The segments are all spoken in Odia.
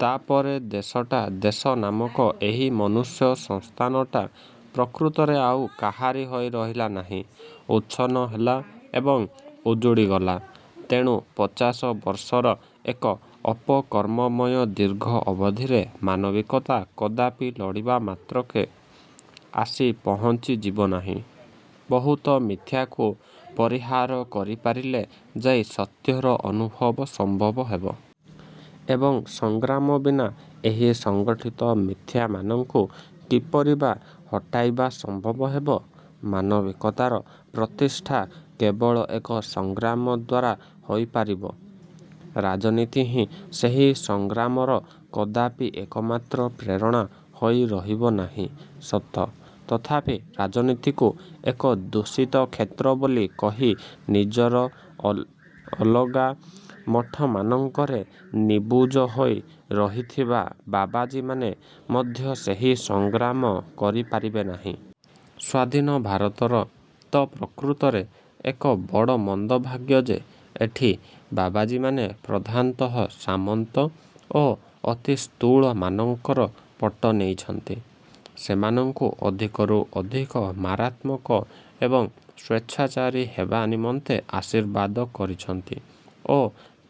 ତା'ପରେ ଦେଶଟା, ଦେଶନାମକ ଏହି ମନୁଷ୍ୟସଂସ୍ଥାନଟା ପ୍ରକୃତରେ ଆଉ କାହାରି ହୋଇ ରହିଲା ନାହିଁ। ଉଚ୍ଛନ୍ନ ହେଲା ଏବଂ ଉଜୁଡ଼ିଗଲା। ତେଣୁ, ପଚାଶ ବର୍ଷର ଏକ ଅପକର୍ମମୟ ଦୀର୍ଘ ଅବଧିପରେ ମାନବିକତା କଦାପି ଲୋଡ଼ିବା ମାତ୍ରକେ ଆସି ପହଂଚି ଯିବ ନାହିଁ। ବହୁତ ମିଥ୍ୟକୁ ପରିହାର କରିପାରିଲେ ଯାଇ ସତ୍ୟର ଅନୁଭବ ସମ୍ଭବ ହେବ। ଏବଂ, ସଂଗ୍ରାମ ବିନା ଏହି ସଂଗଠିତ ମିଥ୍ୟମାନଙ୍କୁ କିପରି ବା ହଟାଇବା ସମ୍ଭବ ହେବ? ମାନବିକତାର ପ୍ରତିଷ୍ଠା କେବଳ ଏକ ସଂଗ୍ରାମ ଦ୍ୱାରା ହୋଇପାରିବ। ରାଜନୀତି ହିଁ ସେହି ସଂଗ୍ରାମର କଦାପି ଏକମାତ୍ର ପ୍ରେରଣା ହୋଇ ରହିବନାହିଁ ସତ, ତଥାପି ରାଜନୀତିକୁ ଏକ ଦୂଷିତ କ୍ଷେତ୍ର ବୋଲି କହି ନିଜର ଅଲଗା ମଠମାନଙ୍କରେ ନିବୁଜ ହୋଇ ରହିଥିବା ବାବାଜୀମାନେ ମଧ୍ୟ ସେହି ସଂଗ୍ରାମ କରିପାରିବେ ନାହିଁ। ସ୍ୱାଧୀନ ଭାରତବର୍ଷର ତ ପ୍ରକୃତରେ ଏକ ବଡ଼ ମନ୍ଦଭାଗ୍ୟ ଯେ, ଏଠି ବାବାଜୀମାନେ ପ୍ରଧାନତଃ ସାମନ୍ତ ଓ ଅତିସ୍ଥୂଳମାନଙ୍କର ପଟ ନେଇଛନ୍ତି, ସେମାନଙ୍କୁ ଅଧିକରୁ ଅଧିକ ମାରାତ୍ମକ ଏବଂ ସ୍ୱେଚ୍ଛାଚାରୀ ହେବା ନିମନ୍ତେ ଆଶୀର୍ବାଦ କରିଛନ୍ତି ଓ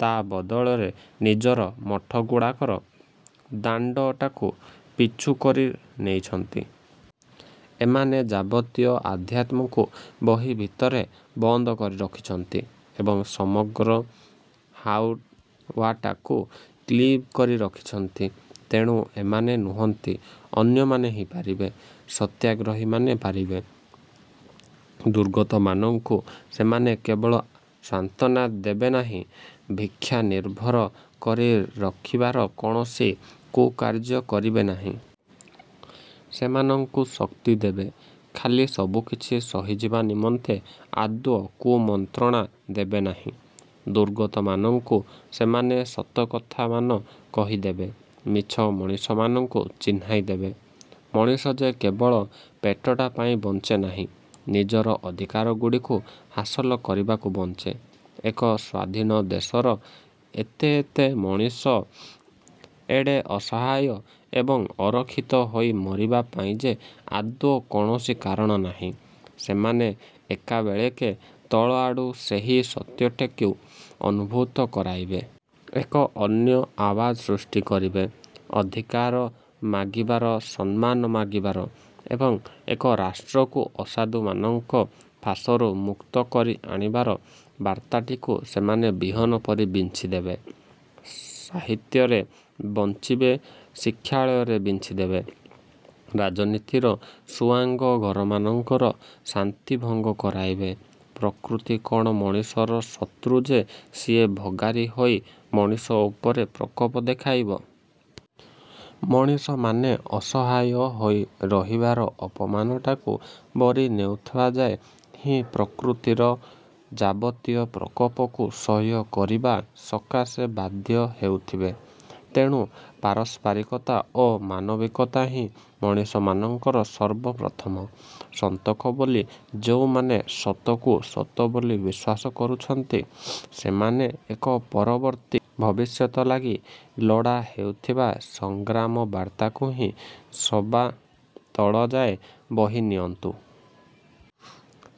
ତା' ବଦଳରେ ନିଜର ମଠଗୁଡ଼ାକର ଦାଣ୍ଡଟାକୁ ପିଚୁ କରି ନେଇଛନ୍ତି। ଏମାନେ ଯାବତୀୟ ଅଧ୍ୟାତ୍ମକୁ ବହି ଭିତରେ ବନ୍ଦ କରି ରଖିଛନ୍ତି ଏବଂ ସମଗ୍ର ହାଉଆଟାକୁ କ୍ଲୀବ କରି ରଖିଛନ୍ତି। ତେଣୁ, ଏମାନେ ନୁହନ୍ତି, ଅନ୍ୟମାନେ ହିଁ ପାରିବେ। ସତ୍ୟାଗ୍ରହୀମାନେ ପାରିବେ। ଦୁର୍ଗତମାନଙ୍କୁ ସେମାନେ କେବଳ ସାନ୍ତ୍ୱନା ଦେବେନାହିଁ, ଭିକ୍ଷାନିର୍ଭର କରି ରଖିବାର କୌଣସି କୁକାର୍ଯ୍ୟ କରିବେ ନାହିଁ। ସେମାନଙ୍କୁ ଶକ୍ତି ଦେବେ। ଖାଲି ସବୁକିଛି ସହିଯିବା ନିମନ୍ତେ ଆଦୌ କୁମନ୍ତ୍ରଣା ଦେବେ ନାହିଁ। ଦୁର୍ଗତମାନଙ୍କୁ ସେମାନେ ସତକଥାମାନ କହିଦେବେ। ମିଛ ମଣିଷମାନଙ୍କୁ ଚିହ୍ନାଇଦେବେ। ମଣିଷ ଯେ କେବଳ ପେଟଟା ପାଇଁ ବଂଚେ ନାହିଁ, ନିଜର ଅଧିକାରଗୁଡ଼ିକୁ ହାସଲ କରିବାକୁ ବଂଚେ, ଏକ ସ୍ୱାଧୀନ ଦେଶର ଏତେ ଏତେ ମଣିଷ ଏଡ଼େ ଅସହାୟ ଏବଂ ଅରକ୍ଷିତ ହୋଇ ମରିବା ପାଇଁ ଯେ ଆଦୌ କୌଣସି କାରଣ ନାହିଁ, ସେମାନେ ଏକାବେଳେକେ ତଳଆଡୁ ସେହି ସତ୍ୟଟିକୁ ଅନୁଭୂତ କରାଇବେ। ଏକ ଅନ୍ୟ ଆବାଜ ସୃଷ୍ଟି କରିବେ। ଅଧିକାର ମାଗିବାର, ସମ୍ମାନ ମାଗିବାର ଏବଂ ଏକ ରାଷ୍ଟ୍ରକୁ ଅସାଧୁମାନଙ୍କର ଫାଶରୁ ମୁକ୍ତ କରି ଆଣିବାର ବାରତାଟିକୁ ସେମାନେ ବିହନ ପରି ବିଞ୍ଚିଦେବେ। ସାହିତ୍ୟରେ ବଂଚିବେ, ଶିକ୍ଷାଳୟରେ ବିଞ୍ଚିଦେବେ, ରାଜନୀତିର ସୁଆଙ୍ଗ-ଘରମାନଙ୍କର ଶାନ୍ତିଭଙ୍ଗ କରାଇବେ। ପ୍ରକୃତି କ'ଣ ମଣିଷର ଶତ୍ରୁ ଯେ ସିଏ ଭଗାରି ହୋଇ ମଣିଷ ଉପରେ ପ୍ରକୋପ ଦେଖାଇବ? ମଣିଷମାନେ ଅସହାୟ ହୋଇ ରହିବାର ଅପମାନଟାକୁ ବରି ନେଉଥିବା ଯାଏ ହିଁ ପ୍ରକୃତିର ଯାବତୀୟ ପ୍ରକୋପକୁ ସହ୍ୟ କରିବା ସକାଶେ ବାଧ୍ୟ ହେଉଥିବେ। ତେଣୁ, ପାରସ୍ପରିକତା ଓ ମାନବିକତା ହିଁ ମଣିଷମାନଙ୍କର ସର୍ବପ୍ରଥମ। ସନ୍ତକ ବୋଲି ଯେଉଁମାନେ ସତକୁ ସତ ବିଶ୍ୱାସ କରୁଛନ୍ତି, ସେମାନେ ଏକ ପରବର୍ତ୍ତୀ ଭବିଷ୍ୟତ ଲାଗି ଲୋଡ଼ା ହେଉଥିବା ସଂଗ୍ରାମର ବାର୍ତ୍ତାକୁ ହିଁ ସବା ତଳଯାଏ ବହିନିଅନ୍ତୁ।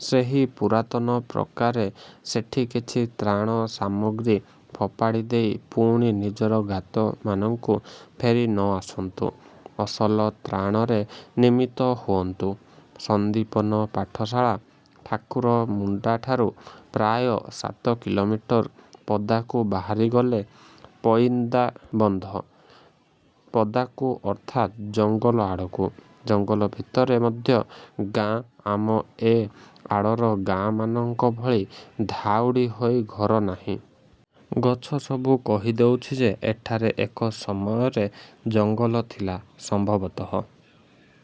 ସେହି ପୁରାତନ ପ୍ରକାରେ ସେଠି କିଛି ତ୍ରାଣ ସାମଗ୍ରୀ ଫୋପାଡ଼ି ଦେଇ ପୁଣି ନିଜର ଗାତମାନଙ୍କୁ ଫେରି ନଆସନ୍ତୁ। ଅସଲ ତ୍ରାଣରେ ନିମିତ୍ତ ହୁଅନ୍ତୁ। ସନ୍ଦୀପନ ପାଠଶାଳା ଠାକୁରମୁଣ୍ଡାଠାରୁ ପ୍ରାୟ ସାତ କିଲୋମିଟର ପଦାକୁ ବାହାରିଗଲେ ପଇଦାବନ୍ଧ। ପଦାକୁ ଅର୍ଥାତ୍ ଜଙ୍ଗଲ ଆଡ଼କୁ। ଜଙ୍ଗଲ ଭିତରେ ମଧ୍ୟ ଗାଆଁ, ଆମ ଏ ଆଡ଼ର ଗାଆଁମାନଙ୍କ ଭଳି ଧାଉଡ଼ି ହୋଇ ଘର ନାହିଁ। ଗଛ ସବୁ କହିଦେଉଛି ଯେ, ଏଠାରେ ଏକ ସମୟରେ ଜଙ୍ଗଲ ଥିଲା। ସମ୍ଭବତଃ